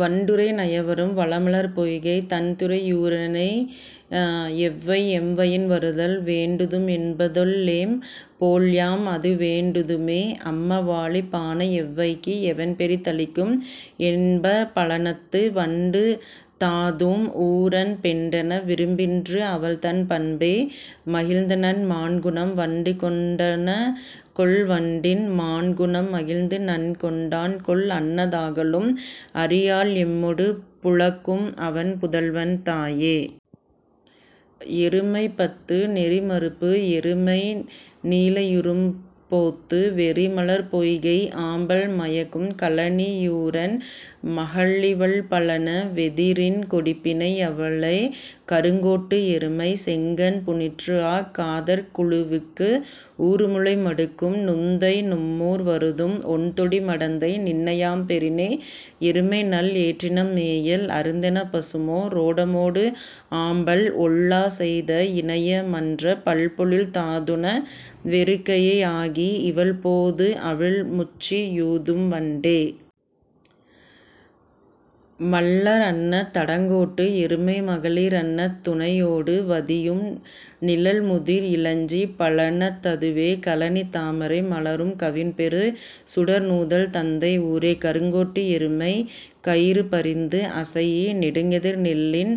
வண்டுறை நயவரும் வளமலர்ப் பொய்கைத் தண்துறை யூரனை எவ்வை எம்வயின் வருதல் வேண்டுதும் என்ப தொல்லேம் போல்யாம் அதுவேண் டுதுமே. அம்மவாழி பாண எவ்வைக்கு எவன் பெரி தளிக்கும் என்ப பழனத்து வண்டு தாதூதும் ஊரன் பெண்டென விரும்பின்று அவள்தன் பண்பே. மகிழ்நன் மாண்குணம் வண்டுகொண் டனகொல் வண்டின் மாண்குணம் மகிழ்நன்கொண் டான்கொல் அன்ன தாகலும் அறியாள் எம்மொடு புலக்கும்அவன் புதல்வன் தாயே.. எருமைப் பத்து நெறிமருப்பு எருமை நீலைரும் போத்து வெறிமலர்ப் பொய்கை ஆம்பல் மயக்கும் கழனியூரன் மகளிவள் பழன வெதிரின் கொடிப்பிணை யலளே. கருங்கோட்டு எருமைச் செங்கண் புனிற்றுஆக் காதற் குழவிக்கு ஊறுமுலை மடுக்கும் நுந்தை நும்மூர் வருதும் ஒண்தொடி மடந்தை நின்னையாம் பெறினே. எருமைநல் ஏற்றினம் மேயல் அருந்தெனப் பசுமோ ரோடமோடு ஆம்பல் ஒல்லா செய்த இனைய மன்ற பல்பொழில் தாதுண வெறுக்கைய ஆகி இவள் போதுஅவிழ் முச்சி யூதும் வண்டே. மள்ளர் அன்ன தடங்கோட்டு எருமை மகளிர் அன்ன துணையோடு வதியும் நிழல்முதிர் இலஞ்சிப் பழனத் ததுவே கழனித் தாமரை மலரும் கவின்பெறு சுடர்நூதல் தந்தை ஊரே. கருங்கோட்டு எருமை கயிறுபரிந்து அசைஇ நெடுங்கதிர் நெல்லின்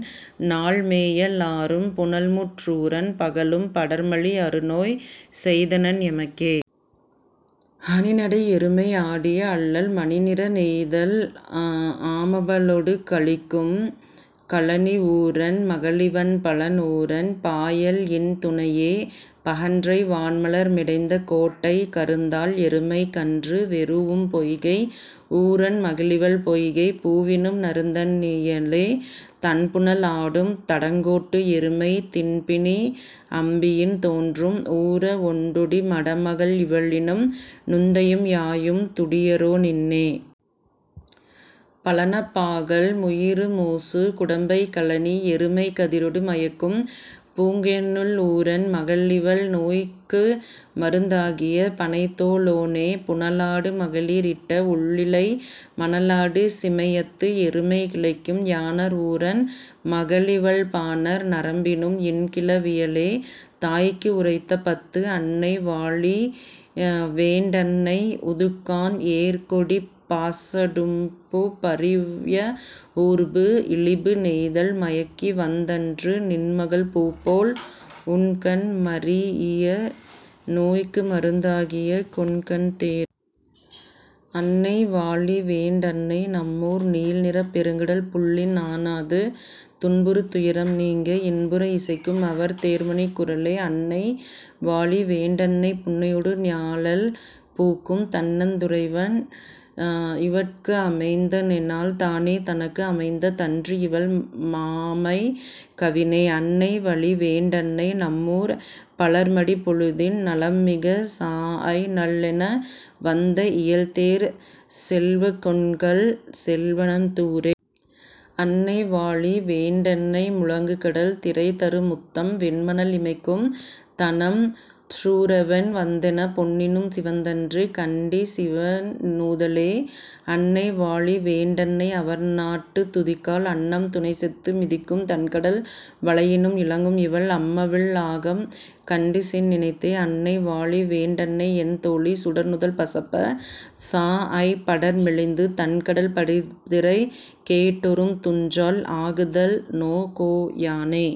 நாள்மேயல் ஆரும் புனல்முற் றூரன் பகலும் படர்மலி அருநோய் செய்தனன் எமக்கே. அணிநடை எருமை ஆடிய அள்ளல் மணிநிற நெய்தல் ஆமபலொடு கலிக்கும் கழனி ஊரன் மகளிவள் பழன் ஊரன் பாயல்இன் துணையே. பகன்றை வான்மலர் மிடைந்த கோட்டைக் கருந்தாள் எருமைக் கன்று வெரூஉம் பொய்கை ஊரன் மகளிவள் பொய்கைப் பூவினும் நறுந்தண் ணியளே. தண்புணல் ஆடும் தடங்கோட்டு எருமை திண்பிணி அம்பியின் தோன்றும் ஊர ஒண்டொடி மடமகள் இவளினும் நுந்தையும் யாயும் துடியரோ நின்னே. பழனப் பாகல் முயிறுமூசு குடம்பை கழனி யெருமை கதிரொடு மயக்கும் பூக்கஞல் ஊரன் மகளிவள் நோய்க்குமருந் தாகிய பணைத்தோ ளோளே. புனலாடு மகளிர் இட்ட ஒள்ளிழை மணலாடு சிமையத்து எருமை கிளைக்கும் யாணர் ஊரன் மகளிவள் பாணர் நரம்பினும் இன்கிள வியளே..தாய்க்கு உரைத்த பத்து. அன்னை வாழிவேண் டன்னை உதுக்காண் ஏர்கொடிப் பாசடும்பு பரியஊர்பு இழிபு நெய்தல் மயக்கி வந்தன்று நின்மகள் பூப்போல் உண்கண் மரீஇய நோய்க்குமருந் தாகிய கொண்கன் தேரே. அன்னை வாழிவேண் டன்னை நம்மூர் நீல்நிறப் பெருங்கடல் புள்ளின் ஆனாது துன்புறு துயரம் நீங்க இன்புற இசைக்கும் அவர் தேர்மணிக் குரலே. அன்னை வாழிவேண் டன்னை புன்னையொடு ஞாழல் பூக்கும் தண்ணந் துறைவன் இவட்குஅமைந் தனெனால் தானே தனக்கு அமைந்த தன்றுஇவள் மாமைக் கவினே. அன்னை வழிவேண் டன்னை நம்மூர்ப் பலர்மடி பொழுதின் நலம்மிகச் சாஅய் நள்ளென வந்த இயல்தேர்ச் செல்வக் கொண்கன் செல்வனஃ தூரே. அன்னை வாழிவேண் டன்னை முழங்குகடல் திரைதரு முத்தம் வெண்மணல் இமைக்கும் தணம் த்ஹுறவன் வந்தெனப் பொன்னினும் சிவந்தன்று கண்டிசின் நூதலே. அன்னை வாழிவேண் டன்னை அவர்நாட்டுத் துதிக்கால் அன்னம் துணைசெத்து மிதிக்கும் தன்கடல் வளையினும் இலங்கும்இவள் அம்கலிழ் ஆகம் கண்டிசின் நினைந்தே. அன்னை வாழிவேண் டன்னைஎன் தோழி சுடர்நுதல் பசப்பச் சாஅய்ப் படர்மெலிந்து தண்கடல் படுதிரை கேட்டொறும் துஞ்சாள் ஆகுதல் நோகோ யானே.